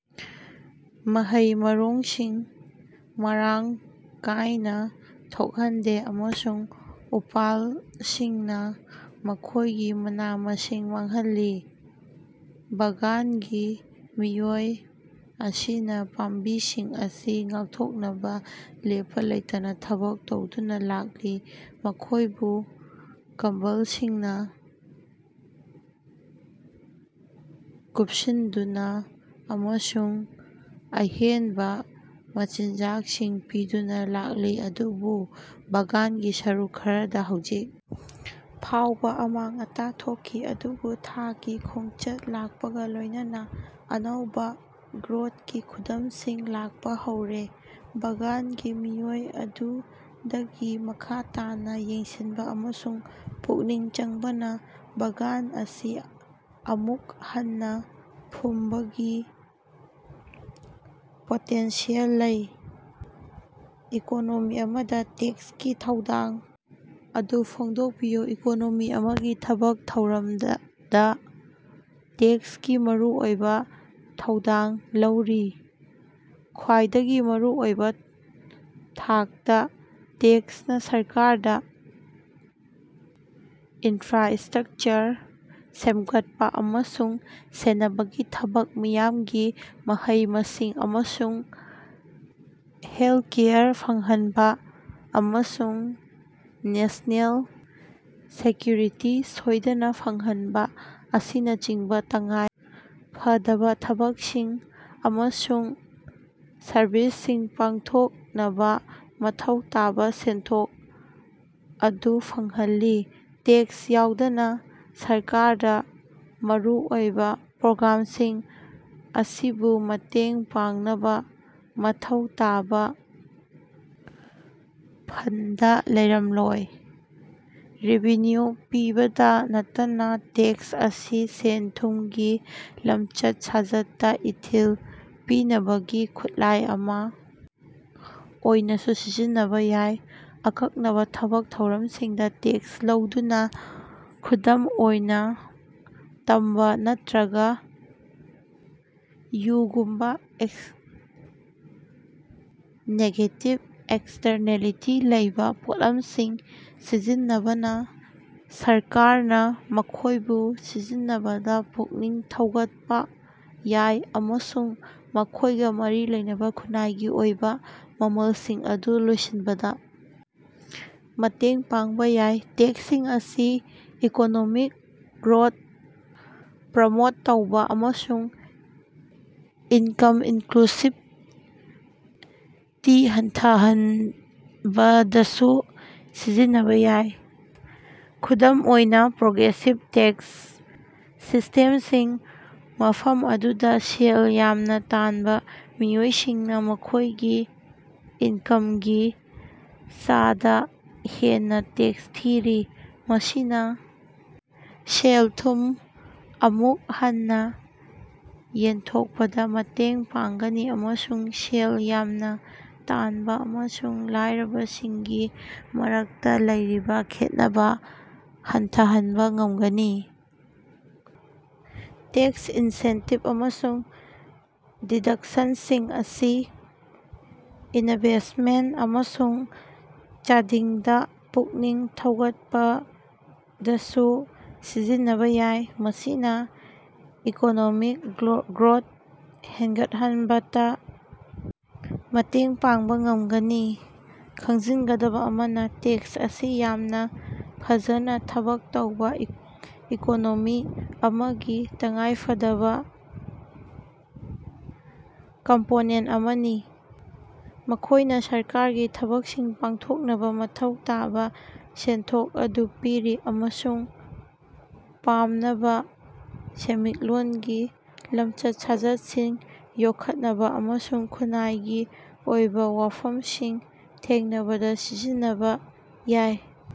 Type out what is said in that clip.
ꯃꯍꯩ-ꯃꯔꯣꯡꯁꯤꯡ ꯃꯔꯥꯡ ꯀꯥꯏꯅꯥ ꯊꯣꯛꯍꯟꯗꯦ ꯑꯃꯁꯨꯡ ꯎꯄꯥꯜꯁꯤꯡꯅꯥ ꯃꯈꯣꯏꯒꯤ ꯃꯅꯥ-ꯃꯁꯤꯡ ꯃꯥꯡꯍꯜꯂꯤ꯫ ꯕꯥꯒꯥꯟꯒꯤ ꯃꯤꯑꯣꯏ ꯑꯁꯤꯅꯥ ꯄꯥꯝꯕꯤꯁꯤꯡ ꯑꯁꯤ ꯉꯥꯛꯊꯣꯛꯅꯕꯥ ꯂꯦꯞꯄꯥ ꯂꯩꯇꯅꯥ ꯊꯕꯛ ꯇꯧꯗꯨꯅꯥ ꯂꯥꯛꯂꯤ, ꯃꯈꯣꯏꯕꯨ ꯀꯝꯕꯜꯁꯤꯡꯅꯥ ꯀꯨꯄꯁꯤꯟꯗꯨꯅꯥ ꯑꯃꯁꯨꯡ ꯑꯍꯦꯟꯕꯥ ꯃꯆꯤꯟꯖꯥꯛꯁꯤꯡ ꯄꯤꯗꯨꯅꯥ ꯂꯥꯛꯂꯤ, ꯑꯗꯨꯕꯨ ꯕꯥꯒꯥꯟꯒꯤ ꯁꯔꯨꯛ ꯈꯔꯗꯥ ꯍꯧꯖꯤꯛ ꯐꯥꯎꯕꯥ ꯑꯃꯥꯡ-ꯑꯇꯥ ꯊꯣꯛꯈꯤ꯫ ꯑꯗꯨꯕꯨ ꯊꯥꯒꯤ ꯈꯣꯡꯆꯠ ꯂꯥꯛꯄꯒꯥ ꯂꯣꯏꯅꯅꯥ ꯑꯅꯧꯕꯥ ꯒ꯭ꯔꯣꯠꯀꯤ ꯈꯨꯗꯝꯁꯤꯡ ꯂꯥꯛꯄꯥ ꯍꯧꯔꯦ꯫ ꯕꯥꯒꯥꯟꯒꯤ ꯃꯤꯑꯣꯏ ꯑꯗꯨꯗꯒꯤ ꯃꯈꯥ ꯇꯥꯅꯥ ꯌꯦꯡꯁꯤꯟꯕꯥ ꯑꯃꯁꯨꯡ ꯄꯨꯛꯅꯤꯡ ꯆꯪꯕꯅꯥ ꯕꯥꯒꯥꯟ ꯑꯁꯤ ꯑꯃꯨꯛ ꯍꯟꯅꯥ ꯐꯨꯝꯕꯒꯤ ꯄꯣꯇꯦꯟꯁꯤꯌꯦꯜ ꯂꯩ꯫ ꯏꯀꯣꯅꯣꯃꯤ ꯑꯃꯗꯥ ꯇꯦꯛꯁꯀꯤ ꯊꯧꯗꯥꯡ ꯑꯗꯨ ꯐꯣꯡꯗꯣꯛꯄꯤꯌꯨ꯫ ꯏꯀꯣꯅꯣꯃꯤ ꯑꯃꯒꯤ ꯊꯕꯛ ꯊꯧꯔꯝꯗꯥ ꯇꯦꯛꯁꯀꯤ ꯃꯔꯨꯑꯣꯏꯕꯥ ꯊꯧꯗꯥꯡ ꯂꯧꯔꯤ꯫ ꯈ꯭ꯋꯥꯏꯗꯒꯤ ꯃꯔꯨ ꯑꯣꯏꯕꯥ ꯊꯥꯛꯇꯥ ꯇꯦꯛꯁꯅꯥ ꯁꯔꯀꯥꯔꯗꯥ ꯏꯟꯐ꯭ꯔꯥꯁꯇ꯭ꯔꯛꯆꯔ ꯁꯦꯝꯒꯠꯄꯥ ꯑꯃꯁꯨꯡ ꯁꯦꯟꯅꯕꯒꯤ ꯊꯕꯛ, ꯃꯤꯌꯥꯝꯒꯤ ꯃꯍꯩ-ꯃꯁꯤꯡ ꯑꯃꯁꯨꯡ ꯍꯦꯜꯀꯦꯌꯔ ꯐꯪꯍꯟꯕꯥ, ꯑꯃꯁꯨꯡ ꯅꯦꯁꯅꯦꯜ ꯁꯦꯀ꯭ꯌꯨꯔꯤꯇꯤ ꯁꯣꯏꯗꯅꯥ ꯐꯪꯍꯟꯕꯥ ꯑꯁꯤꯅꯆꯤꯡꯕꯥ ꯇꯉꯥꯏ ꯐꯗꯕꯥ ꯊꯕꯛꯁꯤꯡ ꯑꯃꯁꯨꯡ ꯁꯔꯕꯤꯁꯁꯤꯡ ꯄꯥꯡꯊꯣꯛꯅꯕꯥ ꯃꯊꯧ ꯇꯥꯕꯥ ꯁꯦꯟꯊꯣꯛ ꯑꯗꯨ ꯐꯪꯍꯜꯂꯤ꯫ ꯇꯦꯛꯁ ꯌꯥꯎꯗꯅꯥ ꯁꯔꯀꯥꯔꯗꯥ ꯃꯔꯨꯑꯣꯏꯕꯥ ꯄ꯭ꯔꯣꯒ꯭ꯔꯥꯝꯁꯤꯡ ꯑꯁꯤꯕꯨ ꯃꯇꯦꯡ ꯄꯥꯡꯅꯕꯥ ꯃꯊꯧ ꯇꯥꯕꯥ ꯐꯟꯗ ꯂꯩꯔꯝꯂꯣꯏ꯫ ꯔꯦꯚꯤꯅ꯭ꯌꯨ ꯄꯤꯕꯇꯥ ꯅꯠꯇꯅꯥ ꯇꯦꯛꯁ ꯑꯁꯤ ꯁꯦꯟ-ꯊꯨꯝꯒꯤ ꯂꯝꯆꯠ-ꯁꯥꯖꯠꯇꯥ ꯏꯊꯤꯜ ꯄꯤꯅꯕꯒꯤ ꯈꯨꯠꯂꯥꯏ ꯑꯃꯥ ꯑꯣꯏꯅꯥꯁꯨ ꯁꯤꯖꯤꯟꯅꯕꯥ ꯌꯥꯏ꯫ ꯑꯀꯛꯅꯕꯥ ꯊꯕꯛ ꯊꯧꯔꯝꯁꯤꯡꯗꯥ ꯇꯦꯛꯁ ꯂꯧꯗꯨꯅꯥ, ꯈꯨꯗꯝ ꯑꯣꯏꯅꯥ ꯇꯝꯕꯥ ꯅꯠꯇ꯭ꯔꯒꯥ ꯌꯨꯒꯨꯝꯕꯥ ꯅꯦꯒꯦꯇꯤꯕ ꯑꯦꯛꯁꯇꯔꯅꯦꯂꯤꯇꯤ ꯂꯩꯕꯥ ꯄꯣꯠꯂꯝꯁꯤꯡ ꯁꯤꯖꯤꯟꯅꯕꯅꯥ ꯁꯔꯀꯥꯔꯅꯥ ꯃꯈꯣꯏꯕꯨ ꯁꯤꯖꯤꯟꯅꯕꯗꯥ ꯄꯨꯛꯅꯤꯡ ꯊꯧꯒꯠꯄꯥ ꯌꯥꯏ ꯑꯃꯁꯨꯡ ꯃꯈꯣꯏꯒꯥ ꯃꯔꯤ ꯂꯩꯅꯕꯥ ꯈꯨꯟꯅꯥꯏꯒꯤ ꯑꯣꯏꯕꯥ ꯃꯃꯜꯁꯤꯡ ꯑꯗꯨ ꯂꯣꯏꯁꯤꯟꯕꯗꯥ ꯃꯇꯦꯡ ꯄꯥꯡꯕꯥ ꯌꯥꯏ꯫ ꯇꯦꯛꯁꯁꯤꯡ ꯑꯁꯤ ꯏꯀꯣꯅꯣꯃꯤꯛ ꯒ꯭ꯔꯣꯠ ꯄ꯭ꯔꯃꯣꯠ ꯇꯧꯕꯥ ꯑꯃꯁꯨꯡ ꯏꯟꯀꯝ ꯏꯟꯀ꯭ꯂꯨꯁꯤꯕꯇꯤ ꯍꯟꯊꯍꯟꯕꯗꯁꯨ ꯁꯤꯖꯤꯟꯅꯕꯥ ꯌꯥꯏ꯫ ꯈꯨꯗꯝ ꯑꯣꯏꯅꯥ, ꯄ꯭ꯔꯣꯒ꯭ꯔꯦꯁꯤꯞ ꯇꯦꯛꯁ ꯁꯤꯁꯇꯦꯝꯁꯤꯡ, ꯃꯐꯝ ꯑꯗꯨꯗꯥ ꯁꯦꯜ ꯌꯥꯝꯅꯥ ꯇꯥꯟꯕꯥ ꯃꯤꯑꯣꯏꯁꯤꯡꯅꯥ ꯃꯈꯣꯏꯒꯤ ꯏꯟꯀꯃꯒꯤ ꯆꯥꯗꯥ ꯍꯦꯟꯅꯥ ꯇꯦꯛꯁ ꯊꯤꯔꯤ, ꯃꯁꯤꯅꯥ ꯁꯦꯜ-ꯊꯨꯝ ꯑꯃꯨꯛ ꯍꯟꯅꯥ ꯌꯦꯟꯊꯣꯛꯄꯗꯥ ꯃꯇꯦꯡ ꯄꯥꯡꯒꯅꯤ ꯑꯃꯁꯨꯡ ꯁꯦꯜ ꯌꯥꯝꯅꯥ ꯇꯥꯟꯕꯥ ꯑꯃꯁꯨꯡ ꯂꯥꯏꯔꯕꯁꯤꯡꯒꯤ ꯃꯔꯛꯇꯥ ꯂꯩꯔꯤꯕꯥ ꯈꯦꯠꯅꯕꯥ ꯍꯟꯊꯍꯟꯕꯥ ꯉꯝꯒꯅꯤ꯫ ꯇꯦꯛꯁ ꯏꯟꯁꯦꯟꯇꯤꯞ ꯑꯃꯁꯨꯡ ꯗꯤꯗꯛꯁꯟꯁꯤꯡ ꯑꯁꯤ ꯏꯅꯚꯦꯁꯃꯦꯟꯇ ꯑꯃꯁꯨꯡ ꯆꯥꯗꯤꯡꯗꯥ ꯄꯨꯛꯅꯤꯡ ꯊꯧꯒꯠꯄꯗꯁꯨ ꯁꯤꯖꯤꯟꯅꯕꯥ ꯌꯥꯏ, ꯃꯁꯤꯅꯥ ꯏꯀꯣꯅꯣꯃꯤꯛ ꯒ꯭ꯂꯣ ꯒ꯭ꯔꯣꯠ ꯍꯦꯟꯒꯠꯍꯟꯕꯗꯥ ꯃꯇꯦꯡ ꯄꯥꯡꯕꯥ ꯉꯝꯒꯅꯤ꯫ ꯈꯪꯖꯤꯟꯒꯗꯕꯥ ꯑꯃꯅꯥ, ꯇꯦꯛꯁ ꯑꯁꯤ ꯌꯥꯝꯅꯥ ꯐꯖꯅꯥ ꯊꯕꯛ ꯇꯧꯕꯥ ꯏꯀꯣꯅꯣꯃꯤ ꯑꯃꯒꯤ ꯇꯉꯥꯏꯐꯗꯕꯥ ꯀꯝꯄꯣꯅꯦꯟꯇ ꯑꯃꯅꯤ꯫ ꯃꯈꯣꯏꯅꯥ ꯁꯔꯀꯥꯔꯒꯤ ꯊꯕꯛꯁꯤꯡ ꯄꯥꯡꯊꯣꯛꯅꯕꯥ ꯃꯊꯧ ꯇꯥꯕꯥ ꯁꯦꯟꯊꯣꯛ ꯑꯗꯨ ꯄꯤꯔꯤ ꯑꯃꯁꯨꯡ ꯄꯥꯝꯅꯕꯥ ꯁꯦꯟꯃꯤꯠꯂꯣꯟꯒꯤ ꯂꯝꯆꯠ-ꯁꯥꯖꯠꯁꯤꯡ ꯌꯣꯛꯈꯠꯅꯕꯥ ꯑꯃꯁꯨꯡ ꯈꯨꯟꯅꯥꯏꯒꯤ ꯑꯣꯏꯕꯥ ꯋꯥꯐꯝꯁꯤꯡ ꯊꯦꯡꯅꯕꯗꯥ ꯁꯤꯖꯤꯟꯅꯕꯥ ꯌꯥꯏ꯫